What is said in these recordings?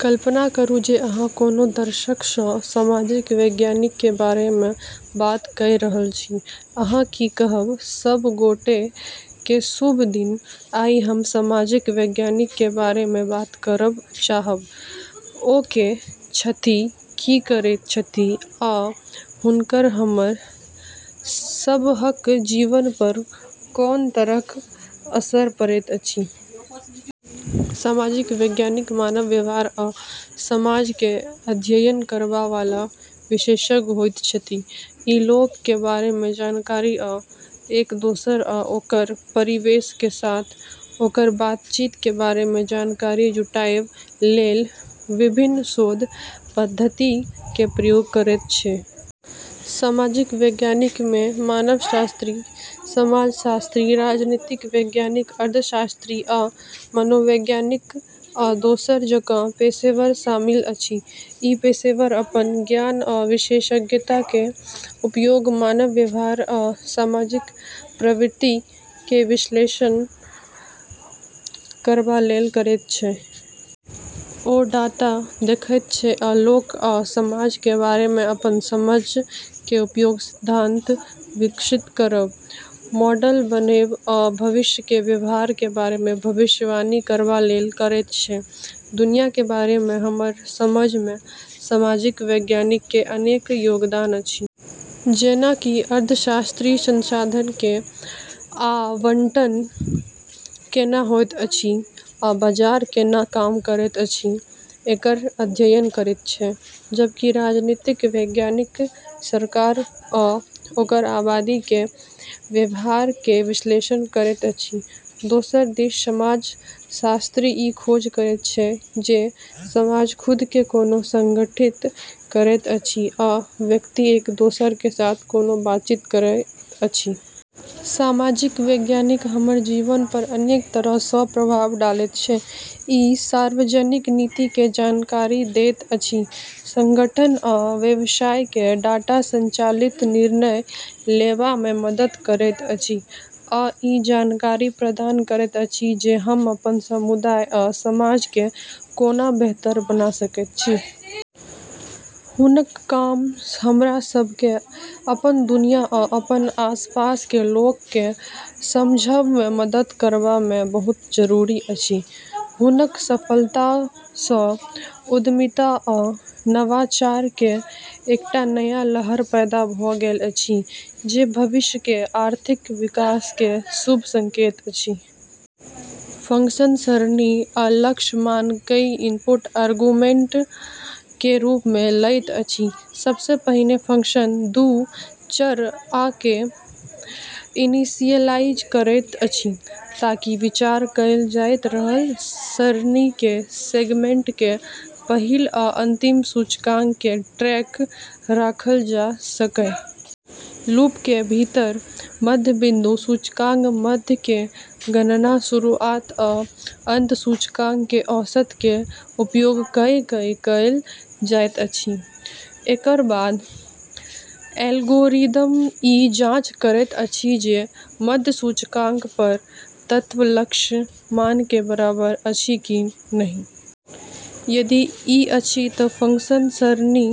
कल्पना करू जे अहाँ कोनो दर्शक सँ सामाजिक वैज्ञानिक के बारे मे बात कए रहल छी, अहाँ की कहब। सब गोटे के शुभ दिन, आइ हम सामाजिक वैज्ञानिक के बारे मे बात करब चाहब, ओ के छथि, की करैत छथि, आ हुनकर हमर सबहक जीवन पर कोन तरहक असर पड़ैत अछि। सामाजिक वैज्ञानिक मानव व्यवहार आ समाज के अध्ययन करबा वाला विशेषज्ञ होइत छथि। ई लोक के बारे मे जानकारी आ एक-दोसर आ ओकर परिवेश के साथ ओकर बातचीत के बारे मे जानकारी जुटाएब लेल विभिन्न शोध पद्धति के प्रयोग करैत छै। सामाजिक वैज्ञानिक मे मानवशास्त्री, समाजशास्त्री, राजनीतिक वैज्ञानिक, अर्थशास्त्री, आ मनोवैज्ञानिक आ दोसर जकां पेशेवर शामिल अछि। ई पेशेवर अपन ज्ञान आ विशेषज्ञता के उपयोग मानव व्यवहार आ सामाजिक प्रवृत्ति के विश्लेषण करबा लेल करैत छै। ओ डाटा देखैत छै आ लोक आ समाज के बारे मे अपन समझ के उपयोग सिद्धांत विकसित करब, मॉडल बनेब आ भविष्य के व्यवहार के बारे मे भविष्यवाणी करबा लेल करैत छै। दुनिया के बारे मे हमर समझ मे सामाजिक वैज्ञानिक के अनेक योगदान अछि। जेना कि अर्थशास्त्री संसाधन के आवंटन केना होइत अछि आ बाजार केना काम करैत अछि, एकर अध्ययन करैत छै, जबकि राजनीतिक वैज्ञानिक सरकार आ ओकर आबादी के व्यवहार के विश्लेषण करैत अछि। दोसर दिस समाजशास्त्री ई खोज करैत छै जे समाज खुद के कोना संगठित करैत अछि आ व्यक्ति एक-दोसर के साथ कोना बातचीत करैत अछि। सामाजिक वैज्ञानिक हमर जीवन पर अनेक तरह सँ प्रभाव डालैत छै। ई सार्वजनिक नीति के जानकारी दैत अछि, संगठन आ व्यवसाय के डाटा संचालित निर्णय लेबा मे मदद करैत अछि, आ ई जानकारी प्रदान करैत अछि जे हम अपन समुदाय आ समाज के कोना बेहतर बना सकैत छी। हुनक काम हमरा सब के अपन दुनिया आ अपन आसपास के लोक के समझब मे मदद करबा मे बहुत जरूरी अछि। हुनक सफलता सँ उद्यमिता आ नवाचार के एकटा नया लहर पैदा भ गेल अछि, जे भविष्य के आर्थिक विकास के शुभ संकेत अछि। फंक्शन सरणी आ लक्ष्य मान कए इनपुट आर्गुमेंट के रूप मे लैत अछि। सबसे पहिने, फंक्शन दू चर, आ के इनिशियलाइज करैत अछि, ताकि विचार कएल जाइत रहल सरणी के सेगमेंट के पहिल आ अंतिम सूचकांक के ट्रैक राखल जा सकए। लूप के भीतर, मध्य बिंदु सूचकांक मध्य के गणना शुरुआत आ अंत सूचकांक के औसत के उपयोग कए कए कएल जाइत अछि। एकर बाद एल्गोरिदम ई जांच करैत अछि जे मध्य सूचकांक पर तत्व लक्ष्य मान के बराबर अछि कि नहि। यदि ई अछि, त फंक्शन सरणी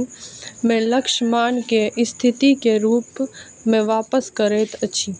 मे लक्ष्य मान के स्थिति के रूप मे वापस करैत अछि।